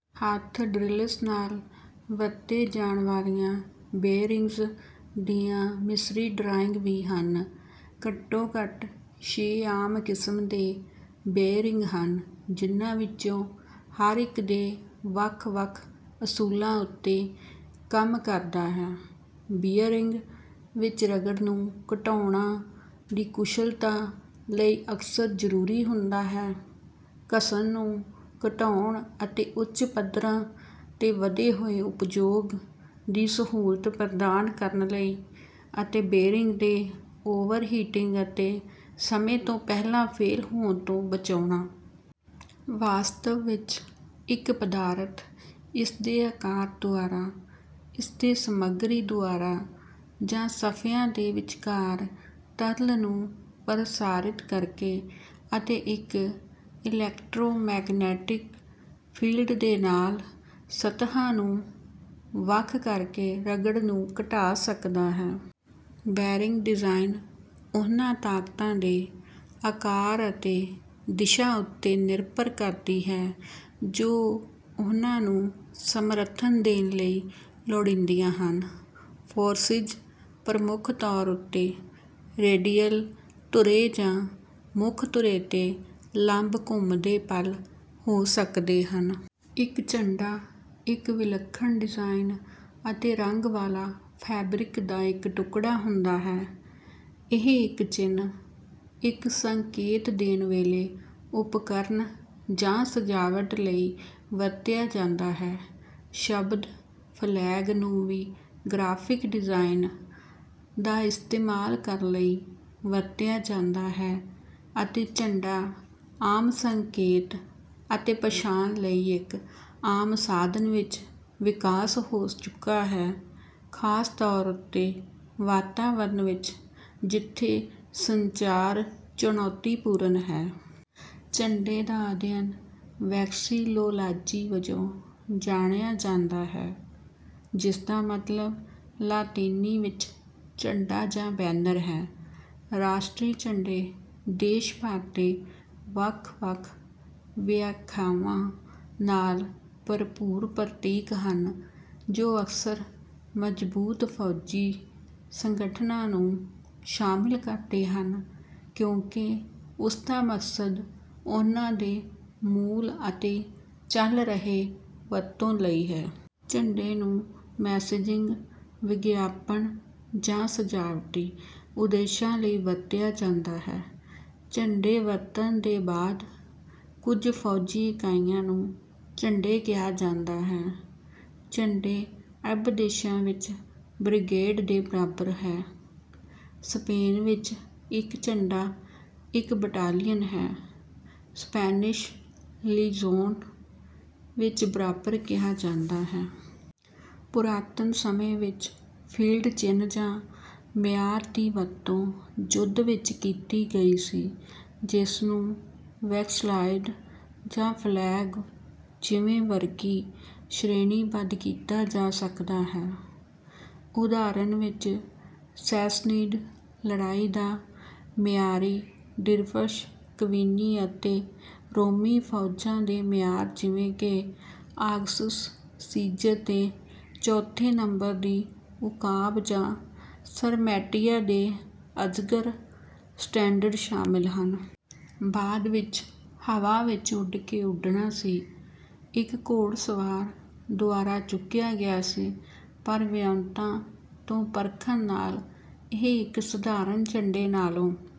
ਹੱਥ ਡ੍ਰਿਲਸ ਨਾਲ ਵਰਤੇ ਜਾਣ ਵਾਲੀਆਂ ਬੇਅਰਿੰਗਜ਼ ਦੀਆਂ ਮਿਸਰੀ ਡਰਾਇੰਗ ਵੀ ਹਨ। ਘੱਟੋ ਘੱਟ ਛੇ ਆਮ ਕਿਸਮ ਦੇ ਬੇਅਰਿੰਗ ਹਨ ਜਿਨ੍ਹਾਂ ਵਿੱਚੋਂ ਹਰ ਇੱਕ ਦੇ ਵੱਖ ਵੱਖ ਅਸੂਲਾਂ ਉੱਤੇ ਕੰਮ ਕਰਦਾ ਹੈ। ਬੀਅਰਿੰਗ ਵਿੱਚ ਰਗੜ ਨੂੰ ਘਟਾਉਣਾ ਦੀ ਕੁਸ਼ਲਤਾ ਲਈ ਅਕਸਰ ਜ਼ਰੂਰੀ ਹੁੰਦਾ ਹੈ ਘਸਨ ਨੂੰ ਘਟਾਉਣ ਅਤੇ ਉੱਚ ਪੱਧਰਾਂ ਤੇ ਵਧੇ ਹੋਏ ਉਪਯੋਗ ਦੀ ਸਹੂਲਤ ਪ੍ਰਦਾਨ ਕਰਨ ਲਈ ਅਤੇ ਬੇਰਿੰਗ ਦੇ ਓਵਰਹੀਟਿੰਗ ਅਤੇ ਸਮੇਂ ਤੋਂ ਪਹਿਲਾਂ ਫੇਲ ਹੋਣ ਤੋਂ ਬਚਾਉਣਾ। ਵਾਸਤਵ ਵਿੱਚ ਇੱਕ ਪਦਾਰਥ ਇਸਦੇ ਆਕਾਰ ਦੁਆਰਾ ਇਸਦੇ ਸਮਗਰੀ ਦੁਆਰਾ ਜਾਂ ਸਫਿਆਂ ਦੇ ਵਿਚਕਾਰ ਤਰਲ ਨੂੰ ਪ੍ਰਸਾਰਿਤ ਕਰਕੇ ਅਤੇ ਇੱਕ ਇਲੈਕਟ੍ਰੋਮੈਗਨੈਟਿਕ ਫੀਲਡ ਦੇ ਨਾਲ ਸਤਹਾਂ ਨੂੰ ਵੱਖ ਕਰਕੇ ਰਗੜ ਨੂੰ ਘਟਾ ਸਕਦਾ ਹੈ। ਬੈਰਿੰਗ ਡਿਜ਼ਾਈਨ ਉਨ੍ਹਾਂ ਤਾਕਤਾਂ ਦੇ ਆਕਾਰ ਅਤੇ ਦਿਸ਼ਾ ਉੱਤੇ ਨਿਰਭਰ ਕਰਦੀ ਹੈ ਜੋ ਉਹਨਾਂ ਨੂੰ ਸਮਰਥਨ ਦੇਣ ਲਈ ਲੋੜੀਂਦੀਆਂ ਹਨ। ਫੋਰਸਿਜ਼ ਪ੍ਰਮੁਖ ਤੌਰ ਉੱਤੇ ਰੇਡਿਅਲ ਧੁਰੇ ਜਾਂ ਮੁੱਖ ਧੁਰੇ ਤੇ ਲੰਬ ਘੁੰਮਦੇ ਪਲ ਹੋ ਸਕਦੇ ਹਨ। ਇੱਕ ਝੰਡਾ ਇੱਕ ਵਿਲੱਖਣ ਡਿਜ਼ਾਇਨ ਅਤੇ ਰੰਗ ਵਾਲਾ ਫੈਬਰਿਕ ਦਾ ਇੱਕ ਟੁਕੜਾ ਹੁੰਦਾ ਹੈ। ਇਹ ਇੱਕ ਚਿੰਨ੍ਹ ਇੱਕ ਸੰਕੇਤ ਦੇਣ ਵੇਲੇ ਉਪਕਰਣ ਜਾਂ ਸਜਾਵਟ ਲਈ ਵਰਤਿਆ ਜਾਂਦਾ ਹੈ। ਸ਼ਬਦ ਫਲੈਗ ਨੂੰ ਵੀ ਗ੍ਰਾਫਿਕ ਡਿਜ਼ਾਇਨ ਦਾ ਇਸਤੇਮਾਲ ਕਰਨ ਲਈ ਵਰਤਿਆ ਜਾਂਦਾ ਹੈ ਅਤੇ ਝੰਡਾ ਆਮ ਸੰਕੇਤ ਅਤੇ ਪਛਾਣ ਲਈ ਇੱਕ ਆਮ ਸਾਧਨ ਵਿੱਚ ਵਿਕਾਸ ਹੋ ਚੁੱਕਾ ਹੈ ਖਾਸ ਤੌਰ ਉੱਤੇ ਵਾਤਾਵਰਨ ਵਿੱਚ ਜਿੱਥੇ ਸੰਚਾਰ ਚੁਣੌਤੀਪੂਰਨ ਹੈ। ਝੰਡੇ ਦਾ ਅਧਿਐਨ ਵੈਕਸੀਲੋਲਾਜੀ ਵਜੋਂ ਜਾਣਿਆ ਜਾਂਦਾ ਹੈ ਜਿਸਦਾ ਮਤਲਬ ਲਾਤੀਨੀ ਵਿੱਚ ਝੰਡਾ ਜਾਂ ਬੈਨਰ ਹੈ। ਰਾਸ਼ਟਰੀ ਝੰਡੇ ਦੇਸ਼ ਭਰ ਦੇ ਵੱਖ ਵੱਖ ਵਿਆਖਿਆਵਾਂ ਨਾਲ ਭਰਪੂਰ ਪ੍ਰਤੀਕ ਹਨ ਜੋ ਅਕਸਰ ਮਜ਼ਬੂਤ ਫੌਜੀ ਸੰਗਠਨਾਂ ਨੂੰ ਸ਼ਾਮਲ ਕਰਦੇ ਹਨ ਕਿਉਂਕਿ ਉਸਦਾ ਮਕਸਦ ਉਨ੍ਹਾਂ ਦੇ ਮੂਲ ਅਤੇ ਚਲ ਰਹੇ ਵਰਤੋਂ ਲਈ ਹੈ। ਝੰਡੇ ਨੂੰ ਮੈਸੇਜਿੰਗ ਵਿਗਿਆਪਨ ਜਾਂ ਸਜਾਵਟੀ ਉਦੇਸ਼ਾਂ ਲਈ ਵੀ ਵਰਤਿਆ ਜਾਂਦਾ ਹੈ। ਝੰਡੇ ਵਰਤਣ ਦੇ ਬਾਅਦ ਕੁਝ ਫੌਜੀ ਇਕਾਈਆਂ ਨੂੰ ਝੰਡੇ ਕਿਹਾ ਜਾਂਦਾ ਹੈ। ਝੰਡੇ ਅਰਬ ਦੇਸ਼ਾਂ ਵਿੱਚ ਬ੍ਰਿਗੇਡ ਦੇ ਬਰਾਬਰ ਹੈ। ਸਪੇਨ ਵਿੱਚ ਇੱਕ ਝੰਡਾ ਇੱਕ ਬਟਾਲੀਅਨ ਹੈ ਸਪੈਨਿਸ਼ ਲੀਜੋਨ ਵਿੱਚ ਬਰਾਬਰ ਕਿਹਾ ਜਾਂਦਾ ਹੈ। ਪੁਰਾਤਨ ਸਮੇਂ ਵਿੱਚ ਫੀਲਡ ਚਿੰਨ੍ਹ ਜਾਂ ਮਿਆਰ ਦੀ ਵਰਤੋਂ ਯੁੱਧ ਵਿੱਚ ਕੀਤੀ ਗਈ ਸੀ ਜਿਸ ਨੂੰ ਵੈਕਸਲਾਇਡ ਜਾਂ ਫਲੈਗ ਜਿਵੇਂ ਵਰਗੀ ਸ਼੍ਰੇਣੀਬੱਧ ਕੀਤਾ ਜਾ ਸਕਦਾ ਹੈ। ਉਦਾਹਰਨ ਵਿੱਚ ਸੈਸਨੀਡ ਲੜਾਈ ਦਾ ਮਿਆਰੀ ਡਿਰਫਸ਼ ਕਵੀਨੀ ਅਤੇ ਰੋਮੀ ਫੌਜਾਂ ਦੇ ਮਿਆਰ ਜਿਵੇਂ ਕਿ ਆਗਸੁਸ ਸੀਜ਼ਰ ਦੇ ਚੌਥੇ ਨੰਬਰ ਦੀ ਉਕਾਬ ਜਾਂ ਸਰਮੈਟੀਆਂ ਦੇ ਅਜਗਰ ਸਟੈਂਡਰਡ ਸ਼ਾਮਲ ਹਨ। ਬਾਅਦ ਵਿੱਚ ਹਵਾ ਵਿੱਚ ਉੱਡ ਕੇ ਉੱਡਣਾ ਸੀ ਇੱਕ ਘੋੜਸਵਾਰ ਦੁਆਰਾ ਚੁੱਕਿਆ ਗਿਆ ਸੀ ਪਰ ਵਿਉਂਤਾਂ ਤੋਂ ਪਰਖਣ ਨਾਲ ਇਹ ਇੱਕ ਸਧਾਰਨ ਝੰਡੇ ਨਾਲੋਂ